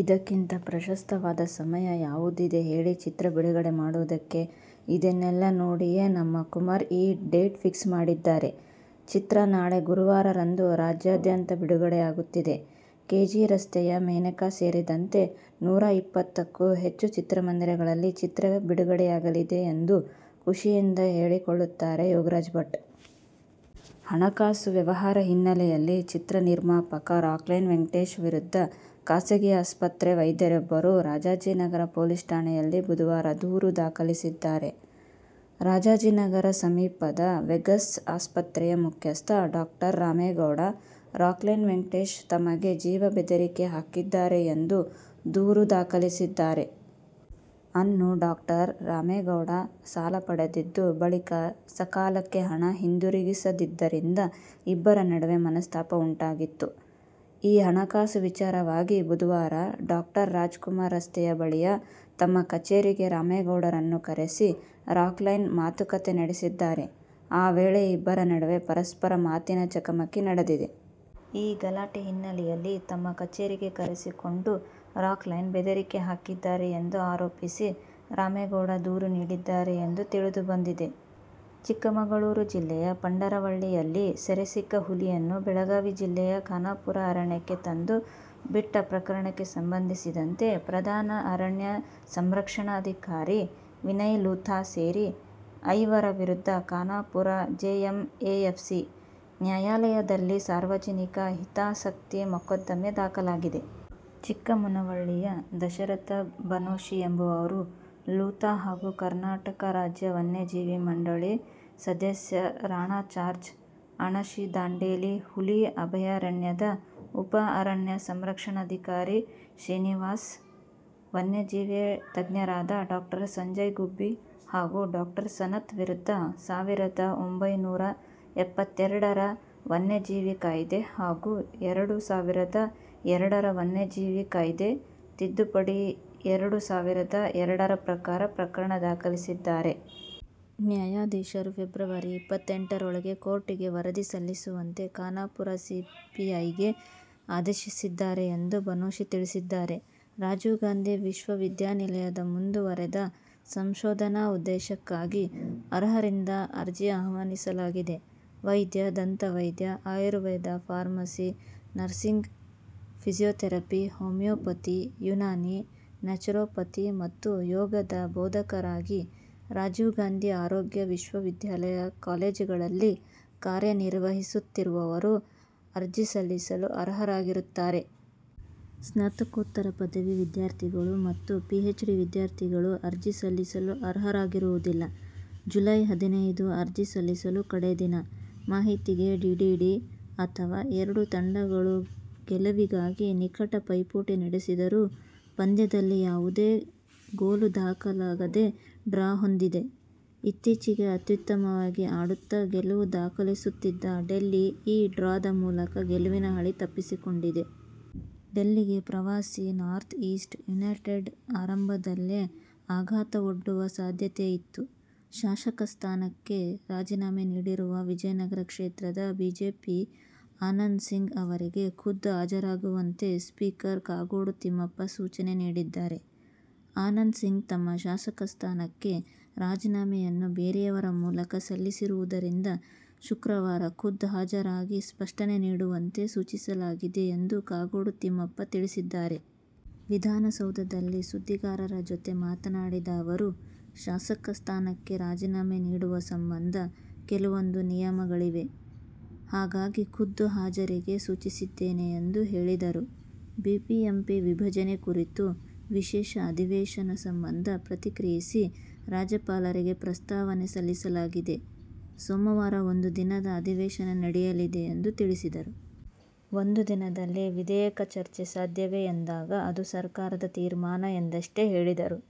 ಇದಕ್ಕಿಂತ ಪ್ರಶಸ್ತವಾದ ಸಮಯ ಯಾವುದಿದೆ ಹೇಳಿ ಚಿತ್ರ ಬಿಡುಗಡೆ ಮಾಡುವುದಕ್ಕೆ. "ಇದನ್ನೆಲ್ಲಾ ನೋಡಿಯೇ ನಮ್ಮ ಕುಮಾರ್ ಈ ಡೇಟ್ ಫಿಕ್ಸ್ ಮಾಡಿದ್ದಾರೆ. ಚಿತ್ರ ನಾಳೆ ಗುರುವಾರ ರಂದು ರಾಜ್ಯದ್ಯಂತ ಬಿಡುಗಡೆಯಾಗುತ್ತಿದೆ. ಕೆ. ಜಿ. ರಸ್ತೆಯ ಮೇನಕಾ ಸೇರಿದಂತೆ ನೂರ ಇಪ್ಪತ್ತಕ್ಕೂ ಹೆಚ್ಚು ಚಿತ್ರಮಂದಿರಗಳಲ್ಲಿ ಚಿತ್ರ ಬಿಡಗುಡೆಯಾಗಲಿದೆ' ಎಂದು ಖುಷಿಯಿಂದ ಹೇಳಿಕೊಳ್ಳುತ್ತಾರೆ ಯೋಗರಾಜ್ ಭಟ್. ಹಣಕಾಸು ವ್ಯವಹಾರ ಹಿನ್ನೆಲೆಯಲ್ಲಿ ಚಿತ್ರ ನಿರ್ಮಾಪಕ ರಾಕ್ಲೈನ್ ವೆಂಕಟೇಶ್ ವಿರುದ್ಧ ಖಾಸಗಿ ಆಸ್ಪತ್ರೆ ವೈದ್ಯರೊಬ್ಬರು ರಾಜಾಜಿನಗರ ಪೊಲೀಸ್ ಠಾಣೆಯಲ್ಲಿ ಬುಧವಾರ ದೂರು ದಾಖಲಿಸಿದ್ದಾರೆ. ರಾಜಾಜಿನಗರ ಸಮೀಪದ ವೆಗಸ್ ಆಸ್ಪತ್ರೆಯ ಮುಖ್ಯಸ್ಥ ಡಡಾಕ್ಟರ್ ರಾಮೇಗೌಡ, ರಾಕ್ಲೈನ್ ವೆಂಕಟೇಶ್ ತಮಗೆ ಜೀವ ಬೆದರಿಕೆ ಹಾಕಿದ್ದಾರೆ ಎಂದು ದೂರು ದಾಖಲಿಸಿದ್ದಾರೆ. ಅನ್ನು ಡಾಕ್ಟರ್. ರಾಮೇಗೌಡ ಸಾಲ ಪಡೆದಿದ್ದು, ಬಳಿಕ ಸಕಾಲಕ್ಕೆ ಹಣ ಹಿಂತಿರುಗಿಸದಿದ್ದರಿಂದ ಇಬ್ಬರ ನಡುವೆ ಮನಸ್ತಾಪ ಉಂಟಾಗಿತ್ತು. ಈ ಹಣಕಾಸು ವಿಚಾರವಾಗಿ ಬುಧವಾರ ಡಾಕ್ಟರ್ ರಾಜ್ ಕುಮಾರ್ ರಸ್ತೆ ಬಳಿಯ ತಮ್ಮ ಕಚೇರಿಗೆ ರಾಮೇಗೌಡರನ್ನು ಕರೆಸಿ ರಾಕ್ಲೈನ್ ಮಾತುಕತೆ ನಡೆಸಿದ್ದಾರೆ. ಆ ವೇಳೆ ಇಬ್ಬರ ನಡುವೆ ಪರಸ್ಪರ ಮಾತಿನ ಚಕಮಕಿ ನಡೆದಿದೆ. ಈ ಗಲಾಟೆ ಹಿನ್ನೆಲೆಯಲ್ಲಿ ತಮ್ಮ ಕಚೇರಿಗೆ ಕರೆಸಿಕೊಂಡು ರಾಕ್ಲೈನ್ ಬೆದರಿಕೆ ಹಾಕಿದ್ದಾರೆ ಎಂದು ಆರೋಪಿಸಿ ರಾಮೇಗೌಡ ದೂರು ನೀಡಿದ್ದಾರೆ ಎಂದು ತಿಳಿದು ಬಂದಿದೆ. ಚಿಕ್ಕಮಗಳೂರು ಜಿಲ್ಲೆಯ ಪಂಡರವಳ್ಳಿಯಲ್ಲಿ ಸೆರೆ ಸಿಕ್ಕ ಹುಲಿಯನ್ನು ಬೆಳಗಾವಿ ಜಿಲ್ಲೆಯ ಖಾನಾಪುರ ಅರಣ್ಯಕ್ಕೆ ತಂದು ಬಿಟ್ಟ ಪ್ರಕರಣಕ್ಕೆ ಸಂಬಂಧಿಸಿದಂತೆ ಪ್ರಧಾನ ಅರಣ್ಯ ಸಂರಕ್ಷಣಾಧಿಕಾರಿ ವಿನಯ ಲೂಥಾ ಸೇರಿ ಐವರ ವಿರುದ್ಧ ಖಾನಾಪುರ ಜೆಎಂಎಫ್ಸಿ ನ್ಯಾಯಾಲಯದಲ್ಲಿ ಸಾರ್ವಜನಿಕ ಹಿತಾಸಕ್ತಿ ಮೊಕದ್ದಮೆ ದಾಖಲಾಗಿದೆ. ಚಿಕ್ಕಮುನವಳ್ಳಿಯ ದಶರಥ ಬನೋಶಿ ಎಂಬುವವರು, ಲೂಥಾ ಹಾಗೂ ಕರ್ನಾಟಕ ರಾಜ್ಯ ವನ್ಯಜೀವಿ ಮಂಡಳಿ ಸದಸ್ಯ ರಾಣಾ ಜಾರ್ಜ್, ಅಣಶಿ-ದಾಂಡೇಲಿ ಹುಲಿ ಅಭಯಾರಣ್ಯದ ಉಪ ಅರಣ್ಯ ಸಂರಕ್ಷಣಾಧಿಕಾರಿ ಶ್ರೀನಿವಾಸ, ವನ್ಯಜೀವಿ ತಜ್ಞರಾದ ಡಾ ಸಂಜಯ ಗುಬ್ಬಿ ಹಾಗೂ ಡಾ ಸನತ್ ವಿರುದ್ಧ ಸಾವಿರದ ಒಂಬೈನೂರ ಎಪ್ಪತ್ತೆರಡರ ವನ್ಯಜೀವಿ ಕಾಯ್ದೆ ಹಾಗೂ ಎರಡು ಸಾವಿರದ ಎರಡರ ವನ್ಯಜೀವಿ ಕಾಯ್ದೆ ತಿದ್ದುಪಡಿ ಎರಡು ಸಾವಿರದ ಎರಡರ ಪ್ರಕಾರ ಪ್ರಕರಣ ದಾಖಲಿಸಿದ್ದಾರೆ. ನ್ಯಾಯಾಧೀಶರು ಫೆಬ್ರವರಿ ಇಪ್ಪತ್ತೆಂಟರೊಳಗೆ ಕೋರ್ಟಿಗೆ ವರದಿ ಸಲ್ಲಿಸುವಂತೆ ಖಾನಾಪುರ ಸಿಪಿಐಗೆ ಆದೇಶಿಸಿದ್ದಾರೆ ಎಂದು ಬನೋಶಿ ತಿಳಿಸಿದ್ದಾರೆ. ರಾಜೀವ್ ಗಾಂಧಿ ವಿಶ್ವವಿದ್ಯಾನಿಲಯದ ಮುಂದುವರೆದ ಸಂಶೋಧನಾ ಉದ್ದೇಶಕ್ಕಾಗಿ ಅರ್ಹರಿಂದ ಅರ್ಜಿ ಆಹ್ವಾನಿಸಲಾಗಿದೆ. ವೈದ್ಯ, ದಂತ ವೈದ್ಯ, Ayurveda, pharmacy, nursing, physiotherapy, homeopathy, Unani, naturopathy ಮತ್ತು ಯೋಗದ ಬೋಧಕರಾಗಿ ರಾಜೀವ್ಗಾಂಧಿ ಆರೋಗ್ಯ ವಿವಿ ಕಾಲೇಜುಗಳಲ್ಲಿ ಕಾರ್ಯನಿರ್ವಹಿಸುತ್ತಿರುವರು ಅರ್ಜಿ ಸಲ್ಲಿಸಲು ಅರ್ಹರಾಗಿರುತ್ತಾರೆ. ಸ್ನಾತಕೋತ್ತರ ಪದವಿ ವಿದ್ಯಾರ್ಥಿಗಳು ಮತ್ತು ಪಿಎಚ್ಡಿ ವಿದ್ಯಾರ್ಥಿಗಳು ಅರ್ಜಿ ಸಲ್ಲಿಸಲು ಅರ್ಹರಾಗಿರುವುದಿಲ್ಲ. ಜುಲೈ ಹದಿನೈದು ಅರ್ಜಿ ಸಲ್ಲಿಸಲು ಕಡೆ ದಿನ. ಮಾಹಿತಿಗೆ ಡಿಡಿಡಿಅಥವಾ. ಎರಡೂ ತಂಡಗಳು ಗೆಲುವಿಗಾಗಿ ನಿಕಟ ಪೈಪೋಟಿ ನಡೆಸಿದರೂ ಪಂದ್ಯದಲ್ಲಿ ಯಾವುದೇ ಗೋಲು ದಾಖಲಾಗದೆ ಡ್ರಾಗೊಂಡಿದೆ. ಇತ್ತೀಚೆಗೆ ಅತ್ಯುತ್ತಮವಾಗಿ ಆಡುತ್ತ ಗೆಲುವು ದಾಖಲಿಸುತ್ತಿದ್ದ ಡೆಲ್ಲಿ ಈ ಡ್ರಾದ ಮೂಲಕ ಗೆಲುವಿನ ಹಳಿ ತಪ್ಪಿಸಿಕೊಂಡಿದೆ. ಡೆಲ್ಲಿಗೆ ಪ್ರವಾಸಿ ನಾರ್ಥ್ ಈಸ್ಟ್ ಯುನೈಟೆಡ್ ಆರಂಭದಲ್ಲೇ ಆಘಾತವೊಡ್ಡುವ ಸಾಧ್ಯತೆಯಿತ್ತು. ಶಾಸಕ ಸ್ಥಾನಕ್ಕೆ ರಾಜೀನಾಮೆ ನೀಡಿರುವ ವಿಜಯನಗರ ಕ್ಷೇತ್ರದ ಬಿಜೆಪಿ ಆನಂದ್ಸಿಂಗ್ ಅವರಿಗೆ ಖುದ್ದು ಹಾಜರಾಗುವಂತೆ ಸ್ಪೀಕರ್ ಕಾಗೋಡು ತಿಮ್ಮಪ್ಪ ಸೂಚನೆ ನೀಡಿದ್ದಾರೆ. ಆನಂದ್ಸಿಂಗ್ ತಮ್ಮ ಶಾಸಕ ಸ್ಥಾನಕ್ಕೆ ರಾಜೀನಾಮೆಯನ್ನು ಬೇರೆಯವರ ಮೂಲಕ ಸಲ್ಲಿಸಿರುವುದರಿಂದ ಶುಕ್ರವಾರ ಖುದ್ದು ಹಾಜರಾಗಿ ಸ್ಪಷ್ಟನೆ ನೀಡುವಂತೆ ಸೂಚಿಸಲಾಗಿದೆ ಎಂದು ಕಾಗೋಡು ತಿಮ್ಮಪ್ಪ ತಿಳಿಸಿದ್ದಾರೆ. ವಿಧಾನಸೌಧದಲ್ಲಿ ಸುದ್ದಿಗಾರರ ಜತೆ ಮಾತನಾಡಿದ ಅವರು, ಶಾಸಕ ಸ್ಥಾನಕ್ಕೆ ರಾಜೀನಾಮೆ ನೀಡುವ ಸಂಬಂಧ ಕೆಲವೊಂದು ನಿಯಮಗಳಿವೆ. ಹಾಗಾಗಿ, ಖುದ್ದು ಹಾಜರಿಗೆ ಸೂಚಿಸಿದ್ದೇನೆ ಎಂದು ಹೇಳಿದರು. ಬಿಬಿಎಂಪಿ ವಿಭಜನೆ ಕುರಿತು ವಿಶೇಷ ಅಧಿವೇಶನ ಸಂಬಂಧ ಪ್ರತಿಕ್ರಿಯಿಸಿ, ರಾಜ್ಯಪಾಲರಿಗೆ ಪ್ರಸ್ತಾವನೆ ಸಲ್ಲಿಸಲಾಗಿದೆ. ಸೋಮವಾರ ಒಂದು ದಿನದ ಅಧಿವೇಶನ ನಡೆಯಲಿದೆ ಎಂದು ತಿಳಿಸಿದರು. ಒಂದು ದಿನದಲ್ಲಿ ವಿಧೇಯಕ ಚರ್ಚೆ ಸಾಧ್ಯವೇ ಎಂದಾಗ, ಅದು ಸರ್ಕಾರದ ತೀರ್ಮಾನ ಎಂದಷ್ಟೇ ಹೇಳಿದರು.